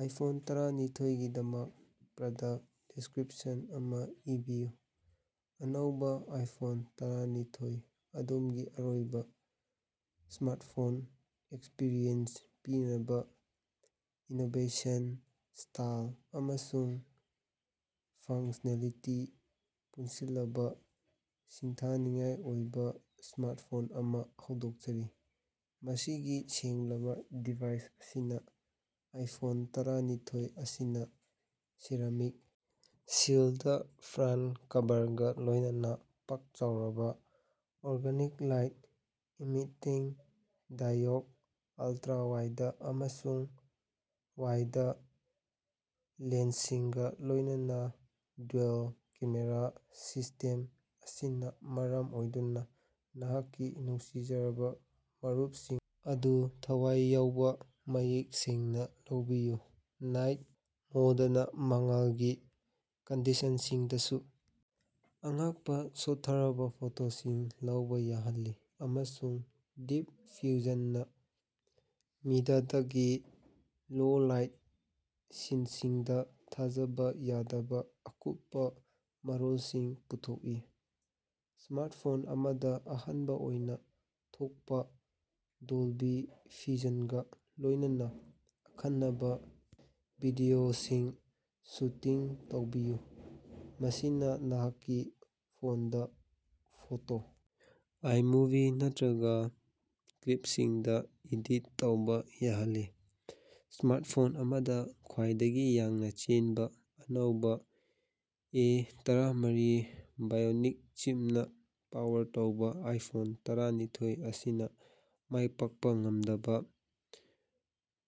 IPhone ꯇꯔꯥꯅꯤꯊꫭꯏꯒꯤ ꯗꯃꯛ product description ꯑꯃ ꯏꯕꯤꯌꯨ꯫ ꯑꯅꯧꯕ ꯑꯥꯏꯐꯣꯟ ꯇꯔꯥꯅꯤꯊꫭꯏ- ꯑꯗꯣꯝꯒꯤ ꯑꯔꯣꯏꯕ ꯁ꯭ꯃꯥꯔꯠꯐꯣꯟ ꯑꯦꯛꯁꯄꯤꯔꯤꯌꯦꯟꯁ ꯄꯤꯅꯕ ꯏꯅꯣꯕꯦꯁꯟ, ꯁ꯭ꯇꯥꯏꯜ, ꯑꯃꯁꯨꯡ ꯐꯪꯁꯅꯦꯂꯤꯇꯤ ꯄꯨꯟꯁꯤꯜꯂꯕ ꯁꯤꯡꯊꯥꯅꯤꯡꯉꯥꯏ ꯑꯣꯏꯕ ꯁ꯭ꯃꯥꯔꯠꯐꯣꯟ ꯑꯃ ꯍꯧꯗꯣꯛꯆꯔꯤ꯫ ꯃꯁꯤꯒꯤ ꯁꯦꯡꯂꯕ ꯗꯤꯖꯥꯏꯟ ꯑꯁꯤꯅ ꯑꯥꯏꯐꯣꯟ ꯇꯔꯥꯅꯤꯊꫭꯏ ꯑꯁꯤꯅꯥ ꯁꯦꯔꯥꯃꯤꯛ ꯁꯤꯜꯗ ꯐ꯭ꯔꯟ ꯀꯕꯔꯒ ꯂꯣꯏꯅꯅ ꯄꯥꯛ ꯆꯥꯎꯔꯕ organic light emitting diode ultra wide ꯑꯃꯁꯨꯡ ꯋꯥꯏꯗ ꯂꯦꯟꯁꯁꯤꯡꯒ ꯂꯣꯏꯅꯅ ꯗ꯭ꯌꯨꯑꯦꯜ-ꯀꯦꯃꯦꯔꯥ ꯁꯤꯁꯇꯦꯝ ꯑꯁꯤꯅ ꯃꯔꯝ ꯑꯣꯏꯗꯨꯅ ꯅꯍꯥꯛꯀꯤ ꯅꯨꯡꯁꯤꯖꯔꯕ ꯃꯔꯨꯞꯁꯤꯡ ꯑꯗꯨ ꯊꯋꯥꯏ ꯌꯥꯎꯕ ꯃꯌꯦꯛ ꯁꯦꯡꯅ ꯂꯧꯕꯤꯌꯨ꯫ ꯅꯥꯏꯠ ꯃꯣꯗꯅ ꯃꯉꯥꯜꯒꯤ ꯀꯟꯗꯤꯁꯟꯁꯤꯡꯗꯁꯨ ꯑꯉꯛꯄ ꯁꯣꯠꯊꯔꯕ ꯐꯣꯇꯣꯁꯤꯡ ꯂꯧꯕ ꯌꯥꯍꯜꯂꯤ, ꯑꯃꯁꯨꯡ ꯗꯤꯞ ꯐ꯭ꯌꯨꯖꯟꯅ ꯃꯤꯗꯇꯒꯤ ꯂꯣ ꯂꯥꯏꯠ ꯁꯤꯟꯁꯤꯡꯗ ꯊꯥꯖꯕ ꯌꯥꯗꯕ ꯑꯀꯨꯞꯄ ꯃꯔꯣꯜꯁꯤꯡ ꯄꯨꯊꯣꯛꯏ꯫ ꯁ꯭ꯃꯥꯔꯠꯐꯣꯟ ꯑꯃꯗ ꯑꯍꯥꯟꯕ ꯑꯣꯏꯅ ꯊꯣꯛꯄ ꯗꯣꯜꯕꯤ ꯚꯤꯖꯟꯒ ꯂꯣꯏꯅꯅ ꯑꯈꯟꯅꯕ ꯚꯤꯗꯤꯑꯣꯁꯤꯡ ꯁꯨꯇꯤꯡ ꯇꯧꯕꯤꯌꯨ, ꯃꯁꯤꯅ ꯅꯍꯥꯛꯀꯤ ꯐꯣꯟꯗꯥ ꯐꯣꯇꯣ, ꯑꯥꯏꯃꯨꯚꯤ, ꯅꯠꯇ꯭ꯔꯒ ꯀ꯭ꯂꯤꯞꯁꯤꯡꯗ ꯏꯗꯤꯠ ꯇꯧꯕꯥ ꯌꯥꯍꯜꯂꯤ꯫ ꯁ꯭ꯃꯥꯔꯠꯐꯣꯟ ꯑꯃꯗ ꯈ꯭ꯋꯥꯏꯗꯒꯤ ꯌꯥꯡꯅ ꯆꯦꯟꯕ ꯑꯅꯧꯕ ꯑꯦ ꯇꯔꯥꯃꯔꯤ ꯕꯥꯏꯑꯣꯅꯤꯛ ꯆꯤꯞꯅ ꯄꯋꯔ ꯇꯧꯕ ꯑꯥꯏꯐꯣꯟ ꯇꯔꯥꯅꯤꯊꫭꯏ ꯑꯁꯤꯅ ꯃꯥꯏꯄꯥꯛꯄ ꯉꯝꯗꯕꯥ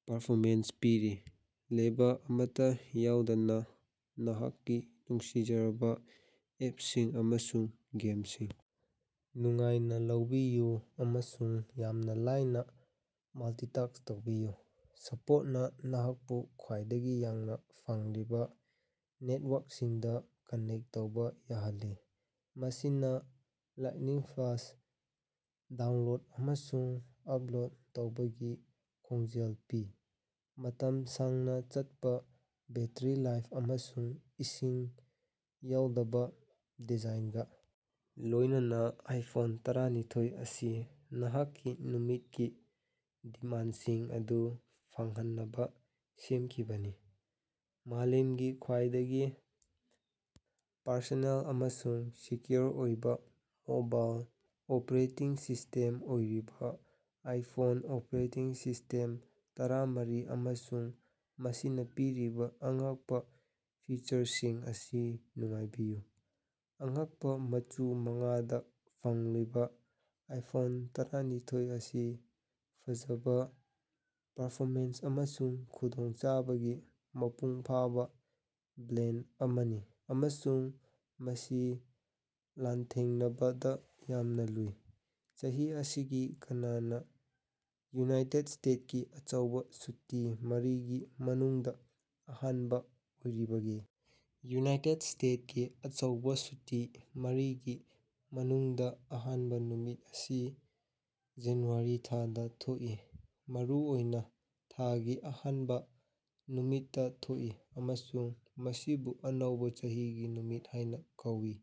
ꯄꯔꯐꯣꯃꯦꯟꯁ ꯄꯤꯔꯤ꯫ ꯂꯦꯒ ꯑꯃꯠꯇꯥ ꯌꯥꯎꯗꯅ ꯅꯍꯥꯛꯀꯤ ꯅꯨꯡꯁꯤꯖꯔꯕ ꯑꯦꯞꯁꯤꯡ ꯑꯃꯁꯨꯡ ꯒꯦꯝꯁꯤꯡ ꯅꯨꯡꯉꯥꯏꯅ ꯂꯧꯕꯤꯌꯨ, ꯑꯃꯁꯨꯡ ꯌꯥꯝꯅ ꯂꯥꯏꯅ ꯃꯜꯇꯤꯇꯥꯛꯁ ꯇꯧꯕꯤꯌꯨ꯫ ꯁꯄꯣꯔꯠꯅ ꯅꯍꯥꯛꯄꯨ ꯈ꯭ꯋꯥꯏꯗꯒꯤ ꯌꯥꯡꯅ ꯐꯪꯂꯤꯕ ꯅꯦꯠꯋꯥꯔꯛꯁꯤꯡꯗ ꯀꯅꯦꯛ ꯇꯧꯕ ꯌꯥꯍꯜꯂꯤ, ꯃꯁꯤꯅ ꯂꯥꯏꯠꯅꯤꯡ-ꯐꯥꯁ ꯗꯥꯎꯟꯂꯣꯗ ꯑꯃꯁꯨꯡ ꯑꯞꯂꯣꯗ ꯇꯧꯕꯒꯤ ꯈꯣꯡꯖꯦꯜ ꯄꯤ꯫ ꯃꯇꯝ ꯁꯥꯡꯅ ꯆꯠꯄ ꯕꯦꯠꯇꯔꯤ ꯂꯥꯏꯐ ꯑꯃꯁꯨꯡ ꯏꯁꯤꯡ ꯌꯥꯎꯗꯕ ꯗꯤꯖꯥꯏꯟꯒꯥ ꯂꯣꯏꯅꯅ ꯑꯥꯏꯐꯣꯟ ꯇꯔꯥꯅꯤꯊꫭꯏ ꯑꯁꯤ ꯅꯍꯥꯛꯀꯤ ꯅꯨꯃꯤꯠꯀꯤ ꯗꯤꯃꯥꯟꯗꯁꯤꯡ ꯑꯗꯨ ꯐꯪꯍꯟꯅꯕ ꯁꯦꯝꯈꯤꯕꯅꯤ꯫ ꯃꯥꯂꯦꯝꯒꯤ ꯈ꯭ꯋꯥꯏꯗꯒꯤ ꯄꯔꯁꯣꯅꯦꯜ ꯑꯃꯁꯨꯡ ꯁꯦꯀ꯭ꯌꫭꯔ ꯑꯣꯏꯕꯥ ꯃꯣꯕꯥꯏꯜ ꯑꯣꯄꯔꯦꯇꯤꯡ ꯁꯤꯁꯇꯦꯝ ꯑꯣꯏꯔꯤꯕ ꯑꯥꯏꯐꫭꯟ ꯑꫭꯄꯔꯦꯇꯤꯡ ꯁꯤꯁꯇꯦꯝ ꯇꯔꯥꯃꯔꯤ ꯑꯃꯁꯨꯡ ꯃꯁꯤꯅ ꯄꯤꯔꯤꯕꯥ ꯑꯉꯛꯄ ꯐꯤꯆꯔꯁꯤꯡ ꯑꯁꯤ ꯅꯨꯡꯉꯥꯏꯕꯤꯌꯨ꯫ ꯑꯉꯛꯄꯥ ꯃꯆꯨ ꯃꯉꯥꯗ ꯐꯪꯂꯤꯕꯥ ꯑꯥꯏꯐꯣꯟ ꯇꯔꯥꯅꯤꯊꫭꯏ ꯑꯁꯤ ꯐꯖꯕ, ꯄꯔꯐꯣꯃꯦꯟꯁ ꯑꯃꯁꯨꯡ ꯈꯨꯗꯣꯡꯆꯥꯕꯒꯤ ꯃꯄꯨꯡ ꯐꯥꯕꯥ ꯕ꯭ꯂꯦꯟꯗ ꯑꯃꯅꯤ ꯑꯃꯁꯨꯡ ꯃꯁꯤ ꯂꯥꯟꯊꯦꯡꯅꯕꯗ ꯌꯥꯝꯅ ꯂꯨꯏ꯫ ꯆꯍꯤ ꯑꯁꯤꯒꯤ ꯀꯅꯥꯅ ꯌꯨꯅꯥꯏꯇꯦꯠ ꯁ꯭ꯇꯦꯠꯀꯤ ꯑꯆꯧꯕ ꯁꯨꯇꯤ ꯃꯔꯤꯒꯤ ꯃꯅꯨꯡꯗꯥ ꯑꯍꯥꯟꯕꯥ ꯑꯣꯏꯔꯤꯕꯒꯦ? ꯌꯨꯅꯥꯏꯇꯦꯠ ꯁ꯭ꯇꯦꯠꯀꯤ ꯑꯆꯧꯕꯥ ꯁꯨꯇꯤ ꯃꯔꯤꯒꯤ ꯃꯅꯨꯡꯗ ꯑꯍꯥꯟꯕ ꯅꯨꯃꯤꯠ ꯑꯁꯤ ꯖꯅꯨꯋꯥꯔꯤ ꯊꯥꯗ ꯊꯣꯛꯏ, ꯃꯔꯨꯑꯣꯏꯅ ꯊꯥꯒꯤ ꯑꯍꯥꯟꯕ ꯅꯨꯃꯤꯠꯇꯥ ꯊꯣꯛꯏ ꯑꯃꯁꯨꯡ ꯃꯁꯤꯕꯨ ꯑꯅꯧꯕ ꯆꯍꯤꯒꯤ ꯅꯨꯃꯤꯠ ꯍꯥꯏꯅ ꯀꯧꯏ꯫